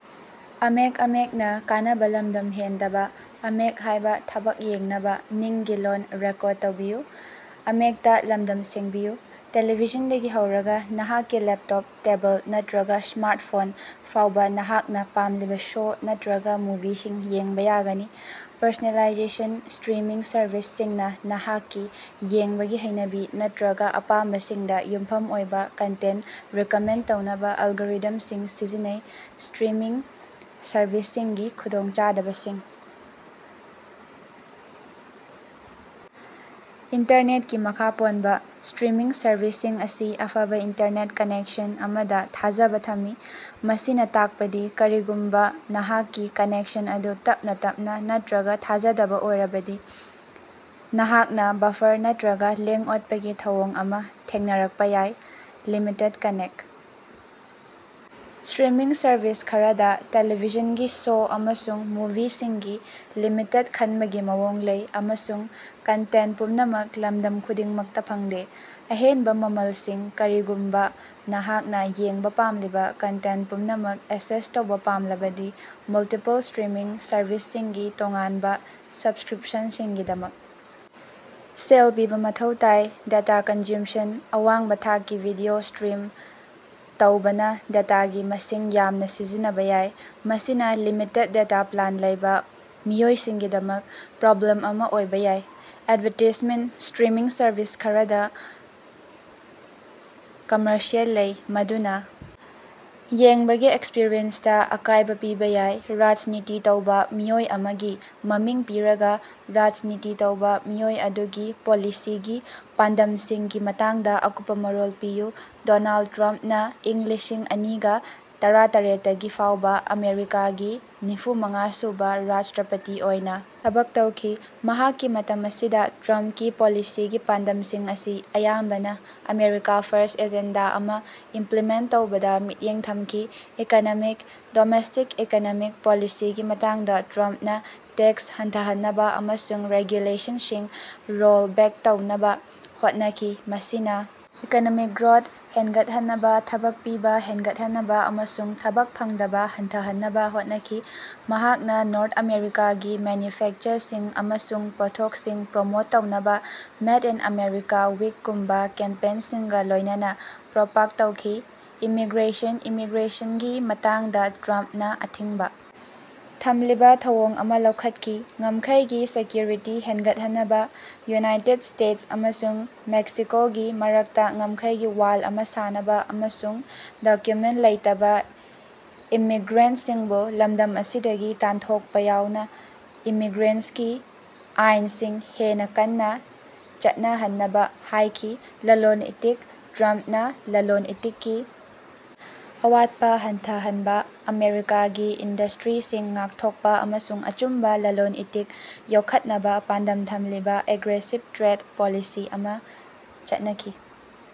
ꯇ‌ꯦꯂ‌ꯦꯚꯤꯖꯟꯗꯒꯤ ꯍꯧꯔꯒ ꯅꯍꯥꯛꯀꯤ laptop, table ꯅꯠꯇ꯭ꯔꯒ ꯁ꯭ꯃꯥꯔꯠꯐꯣꯟ ꯐꯥꯎꯕ ꯅꯍꯥꯛꯅ ꯄꯥꯝꯂꯤꯕ ꯁꯣ ꯅꯠꯇꯔꯒ ꯃꯨꯚꯤꯁꯤꯡ ꯌꯦꯡꯕ ꯌꯥꯒꯅꯤ꯫ ꯄꯔꯁꯣꯅꯦꯂꯥꯏꯖꯦꯁꯟ: ꯁ꯭ꯇꯔꯤꯃꯤꯡ ꯁꯔꯚꯤꯁꯁꯤꯡꯅ ꯅꯍꯥꯛꯀꯤ ꯌꯦꯡꯕꯒꯤ ꯍꯩꯅꯕꯤ ꯅꯠꯇ‌꯭ꯔꯒ ꯑꯄꯥꯝꯕꯁꯤꯡꯗ ꯌꯨꯝꯐꯝ ꯑꯣꯏꯕ ꯀꯟꯇꯦꯟ ꯔꯤꯀꯃꯦꯟ ꯇꯧꯅꯕ ꯑꯦꯜꯒꯣꯔꯤꯊꯝꯁꯤꯡ ꯁꯤꯖꯤꯟꯅꯩ꯫ ꯁ꯭ꯇꯔꯤꯃꯤꯡ ꯁꯔꯚꯤꯁꯁꯤꯡꯒꯤ ꯈꯨꯗꯣꯡꯆꯥꯗꯕꯁꯤꯡ: ꯏꯟꯇꯔꯅꯦꯠꯀꯤ ꯃꯈꯥ ꯄꯣꯟꯕ: ꯁ꯭ꯇꯔꯤꯃꯤꯡ ꯁꯔꯚꯤꯁꯁꯤꯡ ꯑꯁꯤ ꯑꯐꯕ ꯏꯟꯇꯔꯅꯦꯠ ꯀꯅꯦꯛꯁꯟ ꯑꯃꯗ ꯊꯥꯖꯕ ꯊꯝꯃꯤ, ꯃꯁꯤꯅ ꯇꯥꯛꯄꯗꯤ ꯀꯔꯤꯒꯨꯝꯕ ꯅꯍꯥꯛꯀꯤ ꯀꯅꯦꯛꯁꯟ ꯑꯗꯨ ꯇꯞꯅ ꯇꯞꯅ ꯅꯠꯇ‌꯭ꯔꯒ ꯊꯥꯖꯗꯕ ꯑꯣꯏꯔꯕꯗꯤ, ꯅꯍꯥꯛꯅ ꯕꯐꯔ ꯅꯠꯇ꯭ꯔꯒ ꯂꯦꯡ-ꯑꯣꯠꯄꯒꯤ ꯊꯧꯑꯣꯡ ꯑꯃ ꯊꯦꯡꯅꯔꯛꯄ ꯌꯥꯏ꯫ ꯂꯤꯃꯤꯇꯦꯠ ꯀꯟꯇꯦꯟꯇ: ꯁ꯭ꯇꯔꯤꯃꯤꯡ ꯁꯔꯚꯤꯁ ꯈꯔꯗ ꯇ‌ꯦꯂ‌ꯦꯚꯤꯖꯟꯒꯤ ꯁꯣ ꯑꯃꯁꯨꯡ ꯃꯨꯚꯤꯁꯤꯡꯒꯤ ꯂꯤꯃꯤꯇꯦꯠ ꯈꯟꯕꯒꯤ ꯃꯑꯣꯡ ꯂꯩ, ꯑꯃꯁꯨꯡ ꯀꯟꯇꯦꯟ ꯄꯨꯝꯅꯃꯛ ꯂꯝꯗꯝ ꯈꯨꯗꯤꯡꯃꯛꯇ ꯐꯪꯗꯦ꯫ ꯑꯍꯦꯟꯕ ꯃꯃꯜꯁꯤꯡ: ꯀꯔꯤꯒꯨꯝꯕ ꯅꯍꯥꯛꯅ ꯌꯦꯡꯕ ꯄꯥꯝꯂꯤꯕ ꯀꯟꯇꯦꯟꯇ ꯄꯨꯝꯅꯃꯛ ꯑꯦꯛꯁꯦꯁ ꯇꯧꯕ ꯄꯥꯝꯂꯕꯗꯤ ꯃꯜꯇꯤꯄꯜ ꯁ꯭ꯇꯔꯤꯃꯤꯡ ꯁꯔꯚꯤꯁꯁꯤꯡꯒꯤ ꯇꯣꯉꯥꯟꯕ ꯁꯕꯁ꯭ꯀꯔꯤꯞꯁꯟꯁꯤꯡꯒꯤꯗꯃꯛ ꯁꯦꯜ ꯄꯤꯕ ꯃꯊꯧ ꯇꯥꯏ꯫ ꯗꯦꯇꯥ ꯀꯟꯖꯨꯝꯁꯟ: ꯑꯋꯥꯡꯕ ꯊꯥꯛꯀꯤ ꯚꯤꯗꯤꯑꯣ ꯁ꯭ꯇꯔꯤꯝ ꯇꯧꯕꯅ ꯗꯦꯇꯥꯒꯤ ꯃꯁꯤꯡ ꯌꯥꯝꯅ ꯁꯤꯖꯤꯟꯅꯕ ꯌꯥꯏ, ꯃꯁꯤꯅ ꯂꯤꯃꯤꯇꯦꯠ ꯗꯦꯇꯥ ꯄ꯭ꯂꯥꯟ ꯂꯩꯕ ꯃꯤꯑꯣꯏꯁꯤꯡꯒꯤꯗꯃꯛ ꯄ꯭ꯔꯣꯕ꯭ꯂꯦꯝ ꯑꯃ ꯑꯣꯏꯕ ꯌꯥꯏ꯫ ꯑꯦꯗꯚꯥꯔꯇꯥꯏꯖꯃꯦꯟꯠ: ꯁ꯭ꯇꯔꯤꯃꯤꯡ ꯁꯔꯚꯤꯁ ꯈꯔꯗꯥ ꯀꯝꯃꯔꯁꯤꯑꯦꯜ ꯂꯩ, ꯃꯗꯨꯅ ꯌꯦꯡꯕꯒꯤ ꯑꯦꯛꯁꯄꯔꯤꯌꯦꯟꯁꯇ ꯑꯀꯥꯏꯕ ꯄꯤꯕꯥ ꯌꯥꯏ꯫ ꯔꯥꯖꯅꯤꯇꯤ ꯇꯧꯕ ꯃꯤꯑꯣꯏ ꯑꯃꯒꯤ ꯃꯃꯤꯡ ꯄꯤꯔꯒ, ꯔꯥꯖꯅꯤꯇꯤ ꯇꯧꯕ ꯃꯤꯑꯣꯏ ꯑꯗꯨꯒꯤ ꯄꯣꯂꯤꯁꯤꯒꯤ ꯄꯥꯟꯗꯝꯁꯤꯡꯒꯤ ꯃꯇꯥꯡꯗ ꯑꯀꯨꯞꯄ ꯃꯔꯣꯜ ꯄꯤꯌꯨ꯫ ꯗꯣꯅꯥꯜꯗ ꯇ꯭ꯔꯝꯞꯅꯥ ꯏꯪ ꯂꯤꯁꯤꯡ ꯑꯅꯤꯒ ꯇꯔꯥꯇꯔ‌ꯦꯠꯇꯒꯤ ꯐꯥꯎꯕ ꯑꯃꯦꯔꯤꯀꯥꯒꯤ ꯅꯤꯐꯨꯃꯉꯥ ꯁꯨꯕ ꯔꯥꯁ꯭ꯇꯔꯄꯇꯤ ꯑꯣꯏꯅ ꯊꯕꯛ ꯇꯧꯈꯤ꯫ ꯃꯍꯥꯛꯀꯤ ꯃꯇꯝ ꯑꯁꯤꯗ ꯇ꯭ꯔꯝꯞꯀꯤ ꯄꯣꯂꯤꯁꯤꯒꯤ ꯄꯥꯟꯗꯝꯁꯤꯡ ꯑꯁꯤ ꯑꯌꯥꯝꯕꯅ ꯑꯃꯦꯔꯤꯀꯥ ꯐꯥꯔꯁ꯭ꯠ ꯑꯦꯖꯦꯟꯗꯥ ꯑꯃ ꯏꯝꯄ꯭ꯂꯤꯃꯦꯟ ꯇꯧꯕꯗ ꯃꯤꯠꯌꯦꯡ ꯊꯝꯈꯤ꯫ ꯏꯀꯣꯅꯣꯃꯤꯛ: ꯗꯣꯃꯦꯁ꯭ꯇꯤꯛ ꯏꯀꯣꯅꯣꯃꯤꯛ ꯄꯣꯂꯤꯁꯤꯒꯤ ꯃꯇꯥꯡꯗ ꯇ꯭ꯔꯝꯞꯅ ꯇꯦꯛꯁ ꯍꯟꯊꯍꯟꯅꯕ ꯑꯃꯁꯨꯡ ꯔꯦꯒꯨꯂꯦꯁꯟꯁꯤꯡ ꯔꯣꯜ ꯕꯦꯛ ꯇꯧꯅꯕ ꯍꯣꯠꯅꯈꯤ, ꯃꯁꯤꯅ ꯏꯀꯣꯅꯣꯃꯤꯛ ꯒ꯭ꯔꯣꯠ ꯍꯦꯟꯒꯠꯍꯟꯅꯕ, ꯊꯕꯛ ꯄꯤꯕ ꯍꯦꯟꯒꯠꯍꯟꯅꯕ ꯑꯃꯁꯨꯡ ꯊꯕꯛ ꯐꯪꯗꯕ ꯍꯟꯊꯍꯟꯅꯕ ꯍꯣꯠꯅꯈꯤ꯫ ꯃꯍꯥꯛꯅ ꯅꯣꯔꯠ ꯑꯃꯦꯔꯤꯀꯥꯒꯤ ꯃꯦꯟꯌꯨꯐꯦꯀꯆꯔꯁꯤꯡ ꯑꯃꯁꯨꯡ ꯄꯣꯠꯊꯣꯛꯁꯤꯡ ꯄ꯭ꯔꯃꯣꯠ ꯇꯧꯅꯕ ꯃꯦꯗ ꯏꯟ ꯑꯃꯦꯔꯤꯀꯥ ꯋꯤꯛ ꯒꯨꯝꯕ ꯀꯦꯝꯄꯦꯅꯁꯤꯡꯒ ꯂꯣꯏꯅꯅ ꯄ꯭ꯔꯣꯄꯥꯛ ꯇꯧꯈꯤ꯫ ꯏꯃꯤꯒ꯭ꯔꯦꯁꯟ: ꯏꯃꯤꯒ꯭ꯔꯦꯁꯟꯒꯤ ꯃꯇꯥꯡꯗ ꯇ꯭ꯔꯝꯞꯅ ꯑꯊꯤꯡꯕ ꯊꯝꯂꯤꯕ ꯊꯧꯑꯣꯡ ꯑꯃ ꯂꯧꯈꯠꯈꯤ, ꯉꯝꯈꯩꯒꯤ ꯁꯦꯀ꯭ꯌꯨꯔꯤꯇꯤ ꯍꯦꯟꯒꯠꯍꯟꯅꯕ, ꯌꯨꯅꯥꯏꯇꯦꯠ ꯁ꯭ꯇꯦꯇꯁ ꯑꯃꯁꯨꯡ ꯃꯦꯛꯁꯤꯀꯣꯒꯤ ꯃꯔꯛꯇ ꯉꯝꯈꯩꯒꯤ ꯋꯥꯜ ꯑꯃ ꯁꯥꯅꯕ, ꯑꯃꯁꯨꯡ ꯗꯣꯀꯨꯃꯦꯟ ꯂꯩꯇꯕ ꯏꯃꯤꯒ꯭ꯔꯦꯟꯠꯁꯤꯡꯕꯨ ꯂꯝꯗꯝ ꯑꯁꯤꯗꯒꯤ ꯇꯥꯟꯊꯣꯛꯄ ꯌꯥꯎꯅ ꯏꯃꯤꯒ꯭ꯔꯦꯁꯟꯒꯤ ꯑꯥꯏꯟꯁꯤꯡ ꯍꯦꯟꯅ ꯀꯟꯅ ꯆꯠꯅꯍꯟꯅꯕ ꯍꯥꯏꯈꯤ꯫ ꯂꯂꯣꯟ-ꯏꯇꯤꯛ: ꯇ꯭ꯔꯝꯞꯅ ꯂꯂꯣꯟ-ꯏꯇꯤꯛꯀꯤ ꯑꯋꯥꯠꯄꯥ ꯍꯟꯊꯍꯟꯕ, ꯑꯃꯦꯔꯤꯀꯥꯒꯤ ꯏꯟꯗꯁ꯭ꯇꯔꯤꯁꯤꯡ ꯉꯥꯛꯊꯣꯛꯄ ꯑꯃꯁꯨꯡ ꯑꯆꯨꯝꯕ ꯂꯂꯣꯟ-ꯏꯇꯤꯛ ꯌꯣꯛꯈꯠꯅꯕ ꯄꯥꯟꯗꯝ ꯊꯝꯂꯤꯕ ꯑꯦꯒ꯭ꯔꯦꯁꯤꯞ ꯇ꯭ꯔꯦꯗ ꯄꯣꯂꯤꯁꯤ ꯑꯃꯥ ꯆꯠꯅꯈꯤ꯫